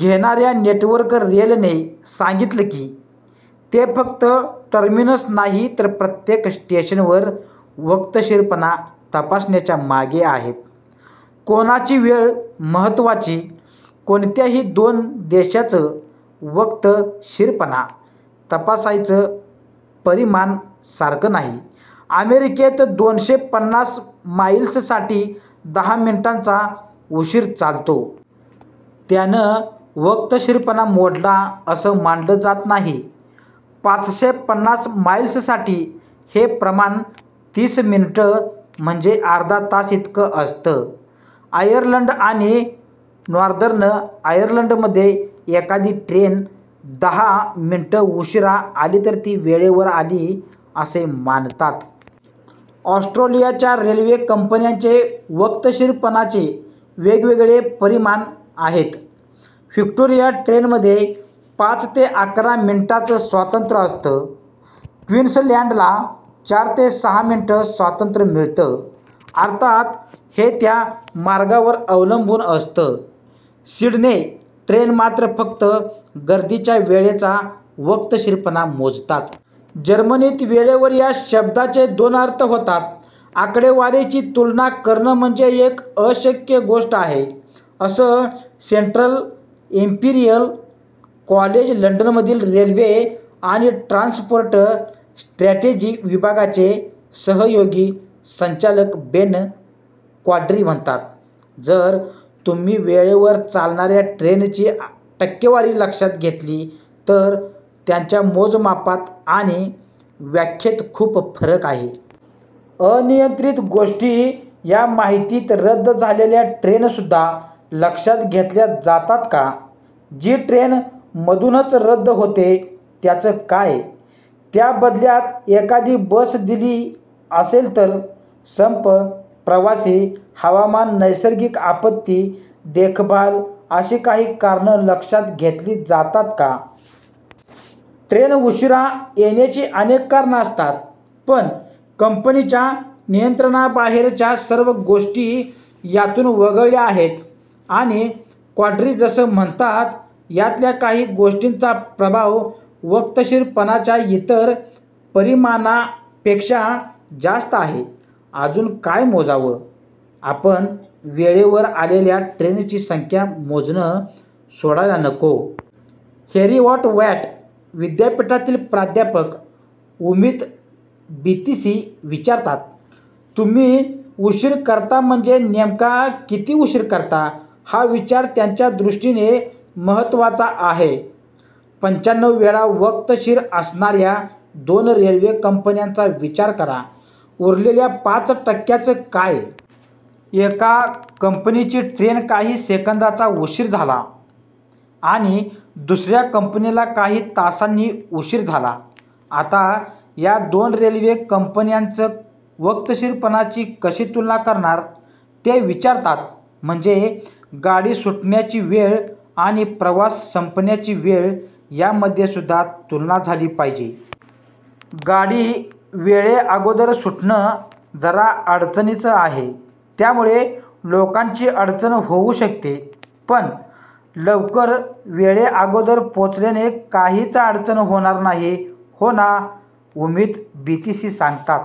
घेणाऱ्या नेटवर्क रेलने सांगितलं की, ते फक्त टर्मिनस नाही तर प्रत्येक स्टेशनवर वक्तशीरपणा तपासण्याच्या मागे आहेत. कोणाची वेळ महत्त्वाची? कोणत्याही दोन देशांचं वक्तशीरपणा तपासायचं परिमाण सारखं नाही. अमेरिकेत दोनशे पन्नास माईल्स साठी दहा मिनिटांचा उशीर चालतो. त्यानं वक्तशीरपणा मोडला असं मानलं जात नाही. पाचशे पन्नास माईल्ससाठी हे प्रमाण तीस मिनिटं म्हणजे अर्धा तास इतकं असतं. आयर्लंड आणि नॉर्दर्न आर्यर्लंडमध्ये एखादी ट्रेन दहा मिनिटं उशीरा आली तर ती वेळेवर आली असे मानतात. ऑस्ट्रेलियाच्या रेल्वे कंपन्यांचे वक्तशीरपणाचे वेगवेगळे परिमाण आहेत. व्हिक्टोरिया ट्रेनमध्ये पाच ते अकरा मिनिटांचं स्वातंत्र्य असतं. क्वीन्सलँडला चार ते सहा मिनिटं स्वातंत्र्य मिळतं. अर्थात हे त्या मार्गावर अवलंबून असतं. सिडने ट्रेन मात्र फक्त गर्दीच्या वेळेचा वक्तशीरपणा मोजतात. जर्मनीत वेळेवर या शब्दाचे दोन अर्थ होतात. आकडेवारीची तुलना करणं म्हणजे एक अशक्य गोष्ट आहे, असं सेंट्रल एम्पिरियल कॉलेज लंडनमधील रेल्वे आणि ट्रान्सपोर्ट स्ट्रॅटेजी विभागाचे सहयोगी संचालक बेन कॉड्री म्हणतात. जर तुम्ही वेळेवर चालणाऱ्या ट्रेनची टक्केवारी लक्षात घेतली, तर त्यांच्या मोजमापात आणि व्याख्येत खूप फरक आहे. अनियंत्रित गोष्टी या माहितीत रद्द झालेल्या ट्रेनसुद्धा लक्षात घेतल्या जातात का? जी ट्रेन मधूनच रद्द होते त्याचं काय? त्या बदल्यात एखादी बस दिली असेल तर? संप, प्रवासी, हवामान, नैसर्गिक आपत्ती, देखभाल अशी काही कारणं लक्षात घेतली जातात का? ट्रेन उशीरा येण्याची अनेक कारणं असतात. पण कंपनीच्या नियंत्रणाबाहेरच्या सर्व गोष्टी यातून वगळल्या आहेत. आणि कॉड्री जसं म्हणतात, यातल्या काही गोष्टींचा प्रभाव वक्तशीरपणाच्या इतर परिमाणांपेक्षा जास्त आहे. अजून काय मोजावं? आपण वेळेवर आलेल्या ट्रेनची संख्या मोजणं सोडायला नको. हेरिऑट वॅट विद्यापीठातील प्राध्यापक उमित बितीसी विचारतात, तुम्ही उशीर करता म्हणजे नेमका किती उशीर करता? हा विचार त्यांच्या दृष्टीने महत्त्वाचा आहे. पंच्याण्णव वेळा वक्तशीर असणाऱ्या दोन रेल्वे कंपन्यांचा विचार करा. उरलेल्या पाच टक्क्याचं काय? एका कंपनीची ट्रेन काही सेकंदाचा उशीर झाला आणि दुसऱ्या कंपनीला काही तासांनी उशीर झाला. आता या दोन रेल्वे कंपन्यांचं वक्तशीरपणाची कशी तुलना करणार? ते विचारतात. म्हणजे गाडी सुटण्याची वेळ आणि प्रवास संपण्याची वेळ यामध्येसुद्धा तुलना झाली पाहिजे. गाडी वेळेअगोदर सुटणं जरा अडचणीचं आहे. त्यामुळे लोकांची अडचण होऊ शकते. पण लवकर वेळेअगोदर पोचल्याने काहीच अडचण होणार नाही, हो ना? उमित बितीसी सांगतात.